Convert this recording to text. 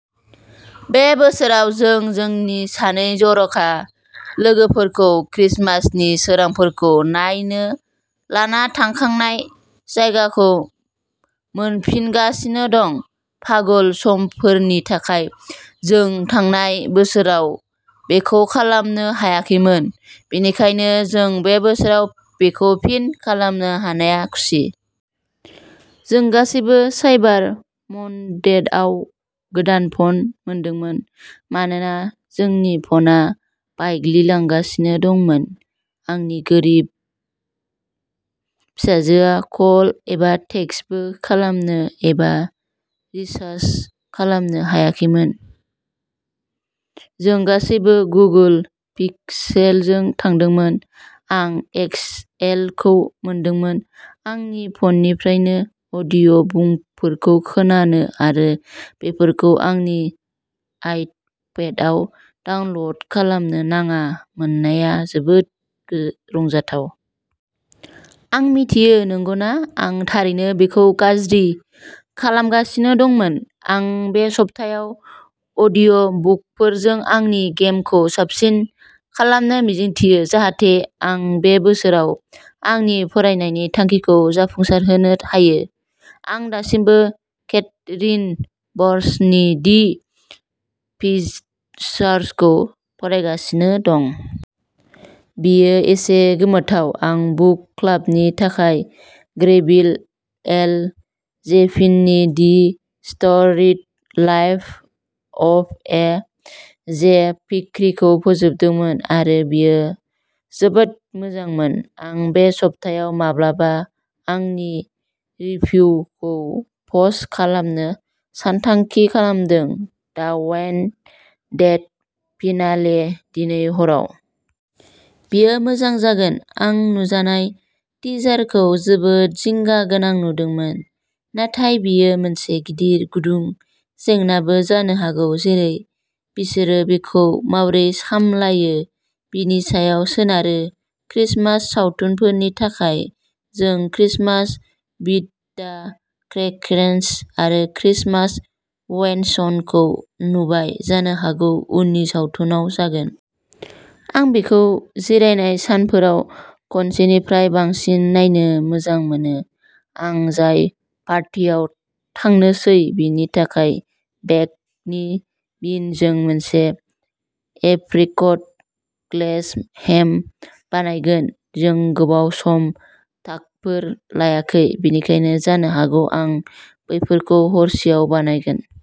बे बोसोराव, जों जोंनि सानै जर'खा लोगोफोरखौ क्रिसमासनि सोरांफोरखौ नायनो लाना थांखांनाय जायगाखौ मोनफिनगासिनो दं। पागल समफारिफोरनि थाखाय, जों थांनाय बोसोराव बेखौ खालामनो हायाखैमोन, बेनिखायनो जों बे बोसोराव बेखौ फिन खालामनो हानायाव खुसि। जों गासैबो साइबार मंडेआव गोदान फन मोनदोंमोन मानोना जोंनि फनआ बायग्लांगासिनो दंमोन। आंनि गोरिब फिसाजोआ कल एबा टेक्सटबो खालामनो एबा रिसीव खालामनो हायाखैमोन। जों गासैबो गुगोल पिक्सेलजों थांदोंमोन। आं एक्सएलखौ मोनदोंमोन। आंनि फननिफ्रायनो अडिअ'बुकफोरखौ खोनानो आरो बेफोरखौ आंनि आइपडआव डाउनल'ड खालामनो नाङा मोननाया जोबोद रंजाथाव। आं मिथियो, नंगौना? आं थारैनो बेखौ गाज्रि खालामगासिनो दंमोन। आं बे सप्तायाव अडिअ'बुकफोरजों आंनि गेमखौ साबसिन खालामनो मिजिंथियो जाहाथे आं बे बोसोराव आंनि फरायनायनि थांखिखौ जाफुंसारहोनो हायो। आं दासिमबो केथरीन बार्न्सनि दि भिजिटर्सखौ फरायगासिनो दं। बेयो एसे गोमोथाव। आं बुक क्लाबनि थाखाय गेब्रिएल जेभिननि the storied life of A. J. फिक्रीखौ फोजोबदों आरो बेयो जोबोद मोजांमोन। आं बे सप्तायाव माब्लाबा आंनि रिभिउखौ पस्ट खालामनो सानथांखि खालामदों। दा वाकिं डेड फिनालेआ दिनै हराव। बेयो मोजां जागोन। आं नुजानाय टिजारखौ जोबोद जिंगा गोनां नुदोंमोन, नाथाय बेयो मोनसे गिदिर गुदुं जेंनाबो जानो हागौ, जेरै बिसोर बेखौ माबोरै सामलायो बेनि सायाव सोनारो। क्रिसमास सावथुनफोरनि थाखाय जों क्रिसमास विद दा क्रेन्कस आरो क्रिसमास वेकेसनखौ नुबाय, जानो हागौ उननि सावथुन जागोन। आं बेखौ जिरायनाय सानफोराव खनसेनिफ्राय बांसिन नायनो मोजां मोनो। आं जाय पार्टियाव थांनोसै बेनि थाखाय बेकड बिनजों मोनसे एप्रिकट ग्लेजड हेम बानायगोन। जों गोबाव सम टाकोफोर लायाखै, बेनिखायनो जानो हागौ आं बैफोरखौ हरसेआव बानायगोन।